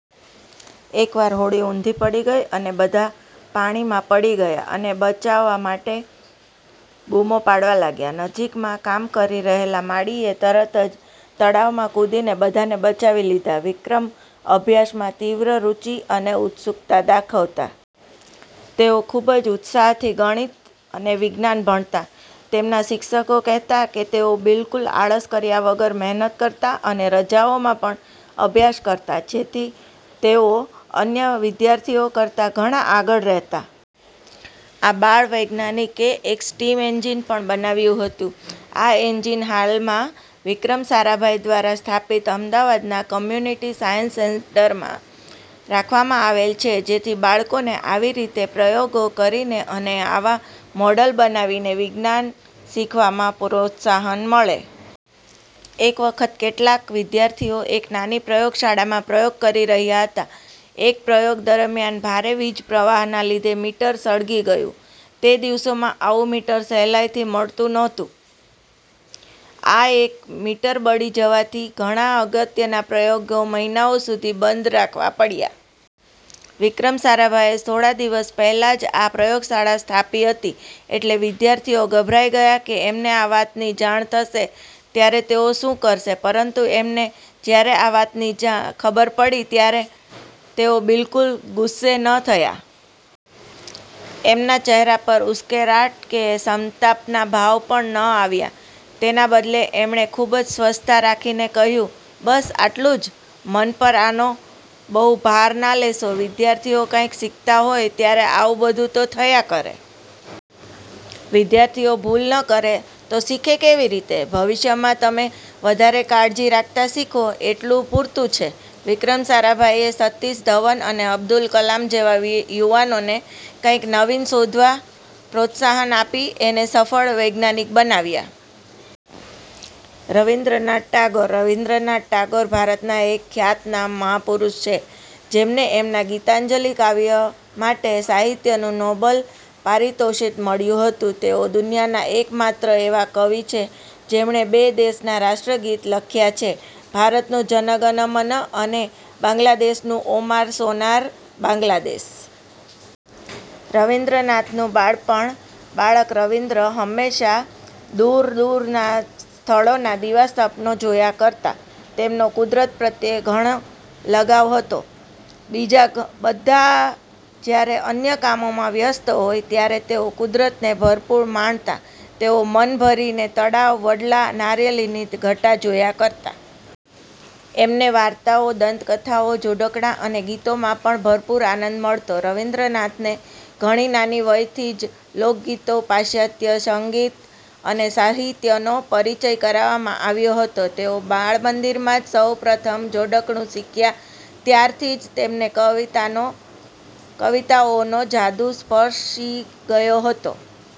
એક વાર હોડી ઉંધી પડી ગઈ અને બધા પાણીમાં પડી ગયા અને બચાવ માટે બૂમો પાડવા લાગ્યા. નજીકમાં કામ કરી રહેલા માળીએ તરત જ તળાવમાં કૂદીને બધાને બચાવી લીધા. વિક્રમ અભ્યાસમાં તીવ્ર રુચિ અને ઉત્સુકતા દાખવતા. તેઓ ખુબ જ ઉત્સાહથી ગણિત અને વિજ્ઞાન ભણતા. એમના શિક્ષકો કહેતા કે તેઓ બિલકુલ આળસ કર્યા વગર મહેનત કરતા અને રજાઓમાં પણ અભ્યાસ કરતા જેથી તેઓ અન્ય વિદ્યાર્થીઓ કરતાં ઘણા જ આગળ રહેતા. આ બાળ વૈજ્ઞાનિકે એક સ્ટીમ એન્જીન પણ બનાવ્યું હતું. આ એન્જીન હાલમાં વિક્રમ સારાભાઈ દ્વારા સ્થાપિત અમદાવાદના કોમ્યુનિટી સાયન્સ સેન્ટરમાં રાખવામાં આવેલ છે જેથી બાળકોને આવી રીતે પ્રયોગો કરીને અને આવા મોડલ બનાવીને વિજ્ઞાન શીખવામાં પ્રોત્સાહન મળે. એક વખત કેટલાક વિદ્યાર્થીઓ એક નાની પ્રયોગશાળામાં પ્રયોગ કરી રહ્યા હતા. એક પ્રયોગ દરમ્યાન ભારે વીજપ્રવાહને લીધે મીટર સળગી ગયું. તે દિવસોમાં આવું મીટર સહેલાઇથી નહોતું મળતું. આ એક મીટર બળી જવાથી ઘણા અગત્યના પ્રયોગો મહિનાઓ સુધી બંધ રાખવા પડયા. વિક્રમ સારાભાઈએ થોડા સમય પહેલાં જ આ પ્રયોગશાળા સ્થાપી હતી એટલે વિદ્યાર્થીઓ ગભરાઈ ગયા કે એમને આ વાતની જાણ થશે ત્યારે તેઓ શું કહેશે. પરંતુ એમને જયારે આ વાતની ખબર પડી ત્યારે તેઓ બિલકુલ ગુસ્સે ન થયા. એમના ચહેરા પર ઉશ્કેરાટ કે સંતાપના ભાવ પણ ન આવ્યા. તેના બદલે એમણે ખુબ જ સ્વસ્થતા રાખીને કહયું, "બસ એટલું જ? મન પર આનો બહુ ભાર ના લેશો. વિદ્યાર્થીઓ કાઇંક શીખતા હોય ત્યારે આવું બધું તો થયા કરે. વિદ્યાર્થીઓ ભૂલ ન કરે તો શીખે કેવી રીતે? ભવિષ્યમાં તમે વધારે કાળજી રાખતાં શીખો એટલું પૂરતું છે. " વિક્રમ સારાભાઈએ સતીશ ધવન અને અબ્દુલ કલામ જેવા યુવાનોને કાંઈક નવીન શોધવા પ્રોત્સાહન આપીને એમને સફળ વૈજ્ઞાનિક બનાવ્યા. રવિન્દ્રનાથ ટાગોર રવિન્દ્રનાથ ટાગોર ભારતના એક ખ્યાતનામ મહાપુરુષ છે જેમને એમના "ગીતાંજલિ" કાવ્ય માટે સાહિત્યનું નોબેલ પારિતોષિક મળ્યું હતું. તેઓ દુનિયાના એક માત્ર એવા કવિ છે જેમણે બે દેશોના રાષ્ટ્રગીત લખ્યાં છે ભારતનું 'જન મન ગણ' અને બાંગ્લાદેશનું 'ઓમાર સોનાર બાંગ્લાદેશ'. રવિન્દ્રનાથનું બાળપણ બાળક રવિન્દ્ર હંમેશા દૂર દૂરના સ્થળોના દિવા સ્વપ્નો જોયા કરતા. એમનો કુદરત પ્રત્યે ઘણો જ લગાવ હતો. બીજા બધા જયારે અન્ય કામોમાં વ્યસ્ત હોય ત્યારે તેઓ કુદરતને ભરપૂર માણતા. તેઓ મનભરીને તળાવ, વડલા, નારિયેળીની ઘટા જોયા કરતા. એમને વાર્તાઓ, દંતકથાઓ, જોડકણાં અને ગીતોમાં પણ ભરપૂર આનંદ મળતો. રવિન્દ્રનાથને ઘણી નાની વયથી જ લોકગીતો, પાશ્ચાત્ય સંગીત અને સાહિત્યનો પરિચય કરાવવામાં આવ્યો હતો. તેઓ બાળમંદિરમાં સૌપ્રથમ જોડકણું શીખ્યા ત્યારથી જ એમને કવિતાઓનો જાદુ સપર્શી ગયો હતો.